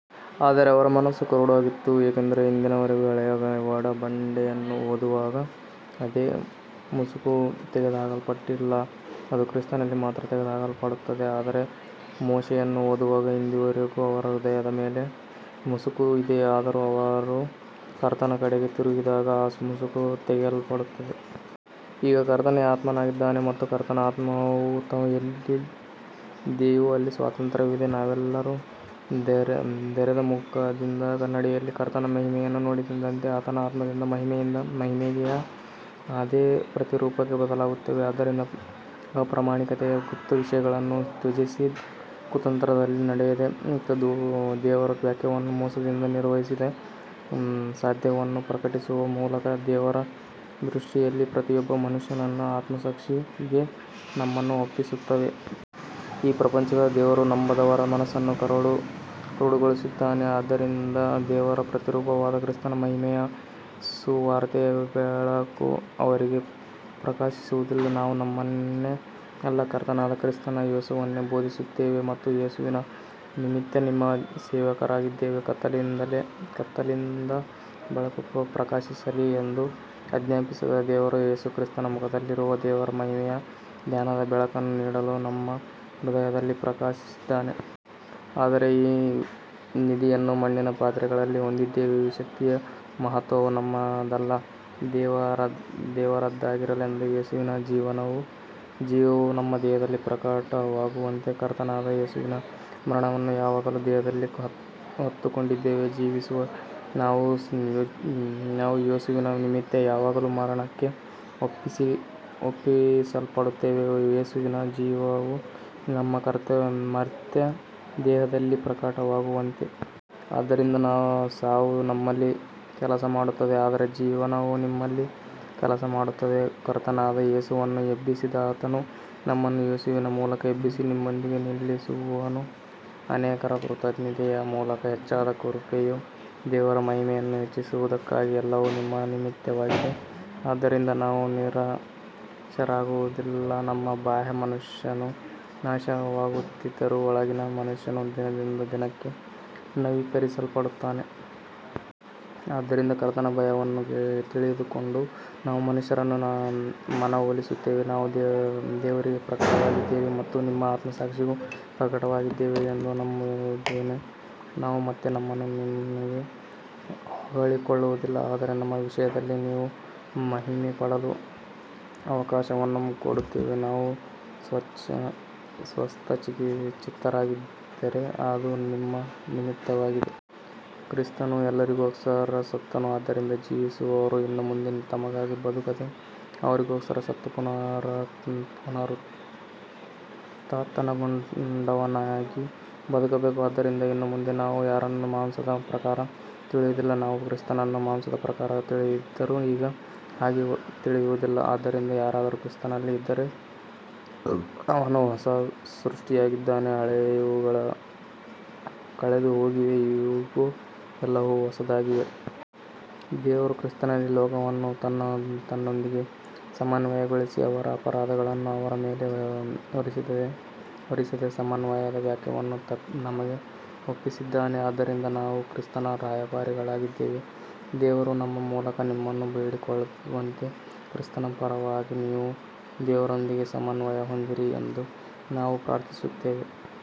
ಆದರೆ ಅವರ ಮನಸ್ಸು ಕುರುಡಾಗಿತ್ತು, ಏಕೆಂದರೆ ಇಂದಿನವರೆಗೂ ಹಳೆಯ ಒಡಂಬಡಿಕೆಯನ್ನು ಓದುವಾಗ ಅದೇ ಮುಸುಕು ತೆಗೆದುಹಾಕಲ್ಪಟ್ಟಿಲ್ಲ, ಅದು ಕ್ರಿಸ್ತನಲ್ಲಿ ಮಾತ್ರ ತೆಗೆದುಹಾಕಲ್ಪಡುತ್ತದೆ. ಆದರೆ ಮೋಶೆಯನ್ನು ಓದುವಾಗ ಇಂದಿನವರೆಗೂ ಅವರ ಹೃದಯದ ಮೇಲೆ ಮುಸುಕು ಇದೆ. ಆದರೂ ಅವರು ಕರ್ತನ ಕಡೆಗೆ ತಿರುಗಿದಾಗ ಆ ಮುಸುಕು ತೆಗೆಯಲ್ಪಡುತ್ತದೆ. ಈಗ ಕರ್ತನೇ ಆತ್ಮನಾಗಿದ್ದಾನೆ ಮತ್ತು ಕರ್ತನ ಆತ್ಮವು ಎಲ್ಲಿದೆಯೋ ಅಲ್ಲಿ ಸ್ವಾತಂತ್ರ್ಯವಿದೆ. ನಾವೆಲ್ಲರೂ ತೆರೆದ ಮುಖದಿಂದ ಕನ್ನಡಿಯಲ್ಲಿ ಕರ್ತನ ಮಹಿಮೆಯನ್ನು ನೋಡಿದಂತೆ ಆತನ ಆತ್ಮದಿಂದ ಮಹಿಮೆಯಿಂದ ಮಹಿಮೆಗೆ ಅದೇ ಪ್ರತಿರೂಪಕ್ಕೆ ಬದಲಾಗುತ್ತೇವೆ. ಆದ್ದರಿಂದ ಅಪ್ರಾಮಾಣಿಕತೆಯ ಗುಪ್ತ ವಿಷಯಗಳನ್ನು ತ್ಯಜಿಸಿ, ಕುತಂತ್ರದಲ್ಲಿ ನಡೆಯದೆ ಮತ್ತು ದೇವರ ವಾಕ್ಯವನ್ನು ಮೋಸದಿಂದ ನಿರ್ವಹಿಸದೆ, ಸತ್ಯವನ್ನು ಪ್ರಕಟಿಸುವ ಮೂಲಕ ದೇವರ ದೃಷ್ಟಿಯಲ್ಲಿ ಪ್ರತಿಯೊಬ್ಬ ಮನುಷ್ಯನ ಆತ್ಮಸಾಕ್ಷಿಗೆ ನಮ್ಮನ್ನು ಒಪ್ಪಿಸುತ್ತೇವೆ. ಈ ಪ್ರಪಂಚದ ದೇವರು ನಂಬದವರ ಮನಸ್ಸನ್ನು ಕುರುಡುಗೊಳಿಸಿದ್ದಾನೆ, ಆದ್ದರಿಂದ ದೇವರ ಪ್ರತಿರೂಪವಾದ ಕ್ರಿಸ್ತನ ಮಹಿಮೆಯ ಸುವಾರ್ತೆಯ ಬೆಳಕು ಅವರಿಗೆ ಪ್ರಕಾಶಿಸುವುದಿಲ್ಲ. ನಾವು ನಮ್ಮನ್ನೇ ಅಲ್ಲ, ಕರ್ತನಾದ ಕ್ರಿಸ್ತ ಯೇಸುವನ್ನೇ ಬೋಧಿಸುತ್ತೇವೆ ಮತ್ತು ಯೇಸುವಿನ ನಿಮಿತ್ತ ನಿಮ್ಮ ಸೇವಕರಾಗಿದ್ದೇವೆ. ಕತ್ತಲೆಯಿಂದ ಬೆಳಕು ಪ್ರಕಾಶಿಸಲಿ ಎಂದು ಆಜ್ಞಾಪಿಸಿದ ದೇವರು ಯೇಸು ಕ್ರಿಸ್ತನ ಮುಖದಲ್ಲಿರುವ ದೇವರ ಮಹಿಮೆಯ ಜ್ಞಾನದ ಬೆಳಕನ್ನು ನೀಡಲು ನಮ್ಮ ಹೃದಯಗಳಲ್ಲಿ ಪ್ರಕಾಶಿಸಿದ್ದಾನೆ. ಆದರೆ ಈ ನಿಧಿಯನ್ನು ಮಣ್ಣಿನ ಪಾತ್ರೆಗಳಲ್ಲಿ ಹೊಂದಿದ್ದೇವೆ, ಶಕ್ತಿಯ ಮಹತ್ವವು ನಮ್ಮದಲ್ಲ ದೇವರದ್ದಾಗಿರಲೆಂದು. ಯೇಸುವಿನ ಜೀವವು ನಮ್ಮ ದೇಹದಲ್ಲಿ ಪ್ರಕಟವಾಗುವಂತೆ ಕರ್ತನಾದ ಯೇಸುವಿನ ಮರಣವನ್ನು ಯಾವಾಗಲೂ ದೇಹದಲ್ಲಿ ಹೊತ್ತುಕೊಂಡಿದ್ದೇವೆ. ಜೀವಿಸುವ ನಾವು ಯೇಸುವಿನ ನಿಮಿತ್ತ ಯಾವಾಗಲೂ ಮರಣಕ್ಕೆ ಒಪ್ಪಿಸಲ್ಪಡುತ್ತೇವೆ, ಯೇಸುವಿನ ಜೀವವು ನಮ್ಮ ಮರ್ತ್ಯ ದೇಹದಲ್ಲಿ ಪ್ರಕಟವಾಗುವಂತೆ. ಆದ್ದರಿಂದ ಸಾವು ನಮ್ಮಲ್ಲಿ ಕೆಲಸಮಾಡುತ್ತದೆ, ಆದರೆ ಜೀವನವು ನಿಮ್ಮಲ್ಲಿ ಕೆಲಸಮಾಡುತ್ತದೆ. ಕರ್ತನಾದ ಯೇಸುವನ್ನು ಎಬ್ಬಿಸಿದಾತನು ನಮ್ಮನ್ನೂ ಯೇಸುವಿನ ಮೂಲಕ ಎಬ್ಬಿಸಿ ನಿಮ್ಮೊಂದಿಗೆ ನಿಲ್ಲಿಸುವನು. ಅನೇಕರ ಕೃತಜ್ಞತೆಯ ಮೂಲಕ ಹೆಚ್ಚಾದ ಕೃಪೆಯು ದೇವರ ಮಹಿಮೆಯನ್ನು ಹೆಚ್ಚಿಸುವುದಕ್ಕಾಗಿ ಎಲ್ಲವೂ ನಿಮ್ಮ ನಿಮಿತ್ತವಾಗಿದೆ. ಆದ್ದರಿಂದ ನಾವು ನಿರಾಶರಾಗುವುದಿಲ್ಲ. ನಮ್ಮ ಬಾಹ್ಯ ಮನುಷ್ಯನು ನಾಶವಾಗುತ್ತಿದ್ದರೂ ಒಳಗಿನ ಮನುಷ್ಯನು ದಿನದಿಂದ ದಿನಕ್ಕೆ ನವೀಕರಿಸಲ್ಪಡುತ್ತಾನೆ. ಆದ್ದರಿಂದ ಕರ್ತನ ಭಯವನ್ನು ತಿಳಿದುಕೊಂಡು ನಾವು ಮನುಷ್ಯರನ್ನು ಮನವೊಲಿಸುತ್ತೇವೆ. ನಾವು ದೇವರಿಗೆ ಪ್ರಕಟವಾಗಿದ್ದೇವೆ ಮತ್ತು ನಿಮ್ಮ ಆತ್ಮಸಾಕ್ಷಿಗೂ ಪ್ರಕಟವಾಗಿದ್ದೇವೆ ಎಂದು ನಂಬುತ್ತೇನೆ. ನಾವು ಮತ್ತೆ ನಮ್ಮನ್ನು ನಿಮಗೆ ಹೊಗಳಿಕೊಳ್ಳುವುದಿಲ್ಲ, ಆದರೆ ನಮ್ಮ ವಿಷಯದಲ್ಲಿ ನೀವು ಮಹಿಮೆಪಡಲು ಅವಕಾಶವನ್ನು ಕೊಡುತ್ತೇವೆ. ನಾವು ಸ್ವಸ್ಥಚಿತ್ತರಾಗಿದ್ದರೆ ಅದು ನಿಮ್ಮ ನಿಮಿತ್ತವಾಗಿದೆ. ಕ್ರಿಸ್ತನು ಎಲ್ಲರಿಗೋಸ್ಕರ ಸತ್ತನು, ಆದ್ದರಿಂದ ಜೀವಿಸುವವರು ಇನ್ನು ಮುಂದೆ ತಮಗಾಗಿ ಬದುಕದೆ, ಅವರಿಗೋಸ್ಕರ ಸತ್ತು ಪುನರುತ್ಥಾನಗೊಂಡವನಿಗಾಗಿ ಬದುಕಬೇಕು. ಆದ್ದರಿಂದ ಇನ್ನು ಮುಂದೆ ನಾವು ಯಾರನ್ನೂ ಮಾಂಸದ ಪ್ರಕಾರ ತಿಳಿಯುವುದಿಲ್ಲ. ನಾವು ಕ್ರಿಸ್ತನನ್ನು ಮಾಂಸದ ಪ್ರಕಾರ ತಿಳಿದಿದ್ದರೂ ಈಗ ಹಾಗೆ ತಿಳಿಯುವುದಿಲ್ಲ. ಆದ್ದರಿಂದ ಯಾರಾದರೂ ಕ್ರಿಸ್ತನಲ್ಲಿ ಇದ್ದರೆ ಅವನು ಹೊಸ ಸೃಷ್ಟಿಯಾಗಿದ್ದಾನೆ, ಹಳೆಯವುಗಳು ಕಳೆದುಹೋಗಿವೆ, ಇಗೋ ಎಲ್ಲವೂ ಹೊಸದಾಗಿವೆ. ದೇವರು ಕ್ರಿಸ್ತನಲ್ಲಿ ಲೋಕವನ್ನು ತನ್ನೊಂದಿಗೆ ಸಮನ್ವಯಗೊಳಿಸಿ, ಅವರ ಅಪರಾಧಗಳನ್ನು ಅವರ ಮೇಲೆ ಹೊರಿಸದೆ ಸಮನ್ವಯದ ವಾಕ್ಯವನ್ನು ನಮಗೆ ಒಪ್ಪಿಸಿದ್ದಾನೆ. ಆದ್ದರಿಂದ ನಾವು ಕ್ರಿಸ್ತನ ರಾಯಭಾರಿಗಳಾಗಿದ್ದೇವೆ. ದೇವರು ನಮ್ಮ ಮೂಲಕ ನಿಮ್ಮನ್ನು ಬೇಡಿಕೊಳ್ಳುವಂತೆ, ಕ್ರಿಸ್ತನ ಪರವಾಗಿ ನೀವು ದೇವರೊಂದಿಗೆ ಸಮನ್ವಯ ಹೊಂದಿರಿ ಎಂದು ನಾವು ಪ್ರಾರ್ಥಿಸುತ್ತೇವೆ.